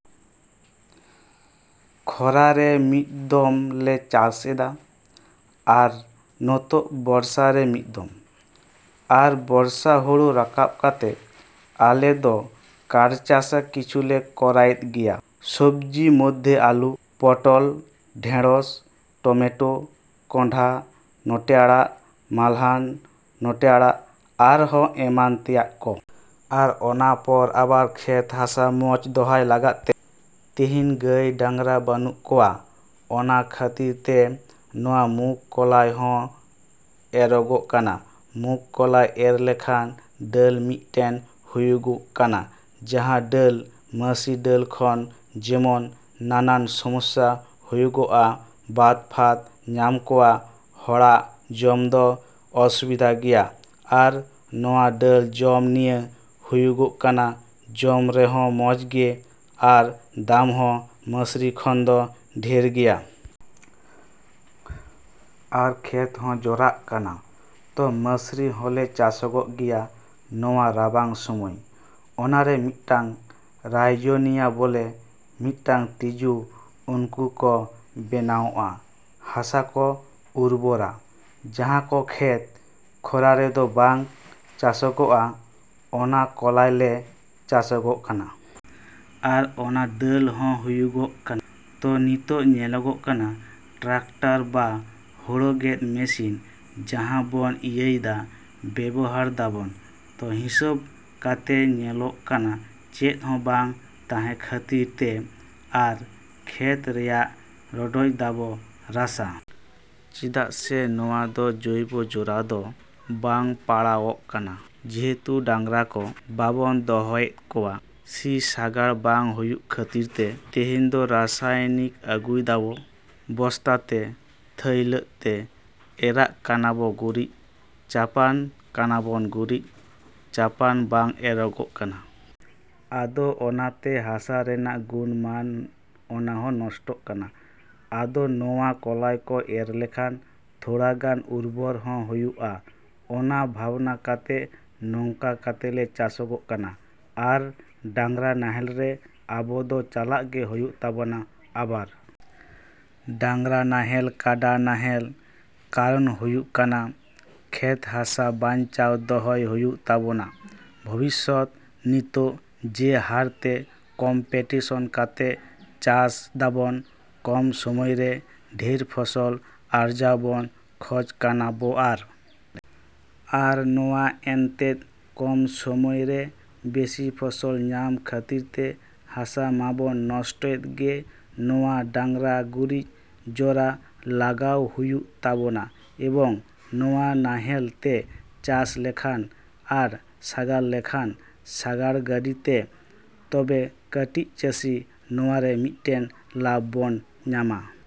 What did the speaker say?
ᱠᱷᱚᱨᱟ ᱨᱮ ᱢᱤᱫ ᱫᱚᱢ ᱞᱮ ᱪᱟᱥᱮᱫᱟ ᱟᱨ ᱱᱚᱛᱳᱜ ᱵᱚᱨᱥᱟ ᱨᱮ ᱢᱤᱫ ᱫᱚᱢ᱾ ᱟᱨ ᱵᱚᱨᱥᱟ ᱦᱩᱲᱩ ᱨᱟᱠᱟᱵ ᱠᱟᱛᱮ ᱟᱞᱮ ᱫᱚ ᱠᱟᱨᱪᱟᱥᱟ ᱠᱤᱪᱷᱩᱞᱮ ᱠᱚᱨᱟᱣᱮᱫ ᱜᱮᱭᱟ᱾ ᱥᱚᱵᱽᱡᱤ ᱢᱚᱫᱽᱫᱷᱮ ᱟᱞᱩ, ᱯᱚᱴᱚᱞ, ᱰᱷᱮᱬᱚᱥ, ᱴᱚᱢᱮᱴᱳ, ᱠᱚᱸᱰᱷᱟ ᱱᱚᱴᱮ ᱟᱲᱟᱜ ᱢᱟᱞᱦᱟᱱ ᱱᱚᱴᱮ ᱟᱲᱟᱜ ᱟᱨᱦᱚᱸ ᱮᱢᱟᱱ ᱛᱮᱭᱟᱜ ᱠᱚ᱾ ᱟᱨ ᱚᱱᱟ ᱯᱚᱨ ᱟᱵᱟᱨ ᱠᱷᱮᱛ ᱦᱟᱥᱟ ᱢᱚᱸᱡᱽ ᱫᱚᱦᱟᱭ ᱞᱟᱜᱟᱫ ᱛᱮ ᱛᱤᱦᱤᱧ ᱜᱟᱹᱭ ᱰᱟᱝᱨᱟ ᱵᱟᱱᱩᱜ ᱠᱚᱣᱟ ᱚᱱᱟ ᱠᱷᱟᱹᱛᱤᱨ ᱛᱮ ᱱᱚᱣᱟ ᱢᱩᱜᱽ ᱠᱚᱞᱟᱭ ᱦᱚᱸ ᱮᱨᱚᱜᱚᱜ ᱠᱟᱱᱟ᱾ ᱢᱩᱸᱜᱽ ᱠᱚᱞᱟᱭ ᱮᱨ ᱞᱮᱠᱷᱟᱱ ᱫᱟᱹᱞ ᱢᱤᱫᱽᱴᱮᱱ ᱦᱩᱭᱩᱜᱚᱜ ᱠᱟᱱᱟ᱾ ᱡᱟᱦᱟᱸ ᱫᱟᱹᱞ, ᱢᱟᱹᱥᱨᱤ ᱫᱟᱹᱞ ᱠᱷᱚᱱ ᱡᱮᱢᱚᱱ ᱱᱟᱱᱟᱱ ᱥᱚᱢᱚᱥᱥᱟ ᱦᱩᱭᱩᱜᱚᱜᱼᱟ ᱵᱟᱛᱼᱯᱷᱟᱛ ᱧᱟᱢ ᱠᱚᱣᱟ, ᱦᱚᱲᱟᱜ ᱡᱚᱢ ᱫᱚ ᱚᱥᱩᱵᱤᱫᱷᱟ ᱜᱮᱭᱟ ᱟᱨ ᱱᱚᱣᱟ ᱫᱟᱹᱞ ᱡᱚᱢ ᱱᱤᱭᱟᱹ ᱦᱩᱭᱩᱜᱚᱜ ᱠᱟᱱᱟ ᱡᱚᱢ ᱨᱮᱦᱚᱸ ᱢᱚᱸᱡᱽ ᱜᱮ ᱟᱨ ᱫᱟᱢ ᱦᱚᱸ ᱢᱟᱹᱥᱨᱤ ᱠᱷᱚᱱ ᱫᱚ ᱰᱷᱮᱹᱨ ᱜᱮᱭᱟ᱾ ᱟᱨ ᱠᱷᱮᱛ ᱦᱚᱸ ᱡᱚᱨᱟᱜ ᱠᱟᱱᱟ᱾ ᱛᱚ, ᱢᱟᱹᱥᱨᱤ ᱦᱚᱸᱞᱮ ᱪᱟᱥᱚᱜᱚᱜ ᱜᱮᱭᱟ ᱱᱚᱣᱟ ᱨᱟᱵᱟᱝ ᱥᱚᱢᱚᱭ᱾ ᱚᱱᱟᱨᱮ ᱢᱤᱫᱴᱟᱝ ᱨᱟᱭᱡᱚᱱᱤᱭᱟ ᱵᱚᱞᱮ ᱢᱤᱫᱴᱟᱝ ᱛᱤᱡᱩ ᱩᱱᱠᱩ ᱠᱚ ᱵᱮᱱᱟᱣᱚᱜᱼᱟ᱾ ᱦᱟᱥᱟ ᱠᱚ ᱩᱨᱵᱚᱨᱟ᱾ ᱡᱟᱦᱟᱸ ᱠᱚ ᱠᱷᱮᱛ ᱠᱷᱚᱨᱟ ᱨᱮᱫᱚ ᱵᱟᱝ ᱪᱟᱥᱚᱜᱚᱜᱼᱟ, ᱚᱱᱟ ᱠᱚᱞᱟᱭ ᱞᱮ ᱪᱟᱥᱚᱜᱚᱜ ᱠᱟᱱᱟ᱾ ᱟᱨ ᱚᱱᱟ ᱫᱟᱹᱞ ᱦᱚᱸ ᱦᱩᱭᱩᱜᱚᱜ ᱠᱟᱱᱟ᱾ ᱛᱚ ᱱᱤᱛᱳᱜ ᱧᱮᱞᱚᱜ ᱠᱟᱱᱟ ᱴᱨᱟᱠᱴᱟᱨ ᱵᱟ ᱦᱩᱲᱩ ᱜᱮᱫ ᱢᱮᱹᱥᱤᱱ ᱡᱟᱦᱟᱸ ᱵᱚᱱ ᱤᱭᱟᱹᱭ ᱫᱟ ᱵᱮᱵᱚᱦᱟᱨ ᱫᱟᱵᱚᱱ ᱛᱚ ᱦᱤᱸᱥᱟᱹᱵᱽ ᱠᱟᱛᱮ ᱧᱮᱞᱚᱜ ᱠᱟᱱᱟ ᱪᱮᱫ ᱦᱚᱸ ᱵᱟᱝ ᱛᱟᱦᱮᱸ ᱠᱷᱟᱹᱛᱤᱨ ᱛᱮ ᱟᱨ ᱠᱷᱮᱛ ᱨᱮᱭᱟᱜ ᱨᱚᱰᱚᱡ ᱫᱟᱵᱚ ᱨᱟᱥᱟ᱾ ᱪᱮᱫᱟᱜ ᱥᱮ ᱱᱚᱣᱟ ᱫᱚ ᱡᱳᱭᱵᱚ ᱡᱚᱨᱟ ᱫᱚ ᱵᱟᱝ ᱯᱟᱲᱟᱣᱚᱜ ᱠᱟᱱᱟ᱾ ᱡᱮᱦᱮᱛᱩ ᱰᱟᱝᱨᱟ ᱠᱚ ᱵᱟᱵᱚᱱ ᱫᱚᱦᱚᱭᱮᱫ ᱠᱚᱣᱟ ᱥᱤ ᱥᱟᱜᱟᱲ ᱵᱟᱝ ᱦᱩᱭᱩᱜ ᱠᱷᱟᱹᱛᱤᱨ ᱛᱮ᱾ ᱛᱤᱦᱤᱧ ᱫᱚ ᱨᱟᱥᱟᱭᱱᱤᱠ ᱟᱹᱜᱩᱭ ᱫᱟᱵᱚ, ᱵᱚᱥᱛᱟ ᱛᱮ ᱛᱷᱟᱹᱭᱞᱟᱹᱜ ᱛᱮ ᱮᱨᱟᱜ ᱠᱟᱱᱟᱵᱚ ᱜᱩᱨᱤᱪ ᱪᱟᱯᱟᱱ ᱠᱟᱱᱟᱵᱚᱱ ᱜᱩᱨᱤᱡ ᱪᱟᱯᱟᱱ ᱵᱟᱝ ᱮᱨᱚᱜᱚᱜ ᱠᱟᱱᱟ᱾ ᱟᱫᱚ ᱚᱱᱟᱛᱮ ᱦᱟᱥᱟ ᱨᱮᱱᱟᱜ ᱜᱩᱱᱼᱢᱟᱱ ᱚᱱᱟᱦᱚᱸ ᱱᱚᱥᱴᱚᱜ ᱠᱟᱱᱟ᱾ ᱟᱫᱚ ᱱᱚᱣᱟ ᱠᱚᱞᱟᱭ ᱠᱚ ᱮᱨ ᱞᱮᱠᱷᱟᱱ ᱛᱷᱚᱲᱟᱜᱟᱱ ᱩᱨᱵᱚᱨ ᱦᱚᱸ ᱦᱩᱭᱩᱜᱼᱟ, ᱚᱱᱟ ᱵᱷᱟᱵᱽᱱᱟ ᱠᱟᱛᱮ ᱱᱚᱝᱠᱟ ᱠᱟᱛᱮ ᱞᱮ ᱪᱟᱥᱚᱜᱚᱜ ᱠᱟᱱᱟ᱾ ᱟᱨ ᱰᱟᱝᱨᱟ ᱱᱟᱦᱮᱞ ᱨᱮ ᱟᱵᱚ ᱫᱚ ᱪᱟᱞᱟᱜ ᱜᱮ ᱦᱩᱭᱩᱜ ᱛᱟᱵᱚᱱᱟ ᱟᱵᱟᱨ᱾ ᱰᱟᱝᱨᱟ ᱱᱟᱦᱮᱞ, ᱠᱟᱰᱟ ᱱᱟᱦᱮᱞ ᱠᱟᱨᱚᱱ ᱦᱩᱭᱩᱜ ᱠᱟᱱᱟ᱾ ᱠᱷᱮᱛ ᱦᱟᱥᱟ ᱵᱟᱧᱪᱟᱣ ᱫᱚᱦᱚᱭ ᱦᱩᱭᱩᱜ ᱛᱟᱵᱚᱱᱟ᱾ ᱵᱷᱚᱵᱤᱥᱥᱚᱛ, ᱱᱤᱛᱳᱜ ᱡᱮ ᱦᱟᱨ ᱛᱮ ᱠᱚᱢᱯᱮᱴᱤᱥᱚᱱ ᱠᱟᱛᱮ ᱪᱟᱥ ᱫᱟᱵᱚᱱ ᱠᱚᱢ ᱥᱚᱢᱚᱭ ᱨᱮ ᱰᱷᱮᱹᱨ ᱯᱷᱚᱥᱚᱞ ᱟᱨᱡᱟᱣ ᱵᱚᱱ ᱠᱷᱚᱡᱽ ᱠᱟᱱᱟ ᱵᱚ ᱟᱨ ᱟᱨ ᱱᱚᱣᱟ ᱮᱱᱛᱮᱫ ᱠᱚᱢ ᱥᱚᱢᱚᱭ ᱨᱮ ᱵᱮᱥᱤ ᱯᱷᱚᱥᱚᱞ ᱧᱟᱢ ᱠᱷᱟᱹᱛᱤᱨ ᱛᱮ ᱦᱟᱥᱟ ᱢᱟᱵᱚᱱ ᱱᱚᱥᱴᱚᱭᱮᱫ ᱜᱮ ᱱᱚᱣᱟ ᱰᱟᱝᱨᱟ ᱜᱩᱨᱤᱡ ᱡᱚᱨᱟ ᱞᱟᱜᱟᱣ ᱦᱩᱭᱩᱜ ᱛᱟᱵᱚᱱᱟ ᱮᱵᱚᱝ ᱱᱚᱣᱟ ᱱᱟᱦᱮᱞ ᱛᱮ ᱪᱟᱥ ᱞᱮᱠᱷᱟᱱ ᱟᱨ ᱥᱟᱜᱟᱲ ᱞᱮᱠᱷᱟᱱ ᱥᱟᱜᱟᱲ ᱜᱟᱹᱰᱤ ᱛᱮ ᱛᱚᱵᱮ ᱠᱟᱹᱴᱤᱡ ᱪᱟᱹᱥᱤ ᱱᱚᱣᱟᱨᱮ ᱢᱤᱫᱴᱮᱱ ᱞᱟᱵᱷ ᱵᱚᱱ ᱧᱟᱢᱟ᱾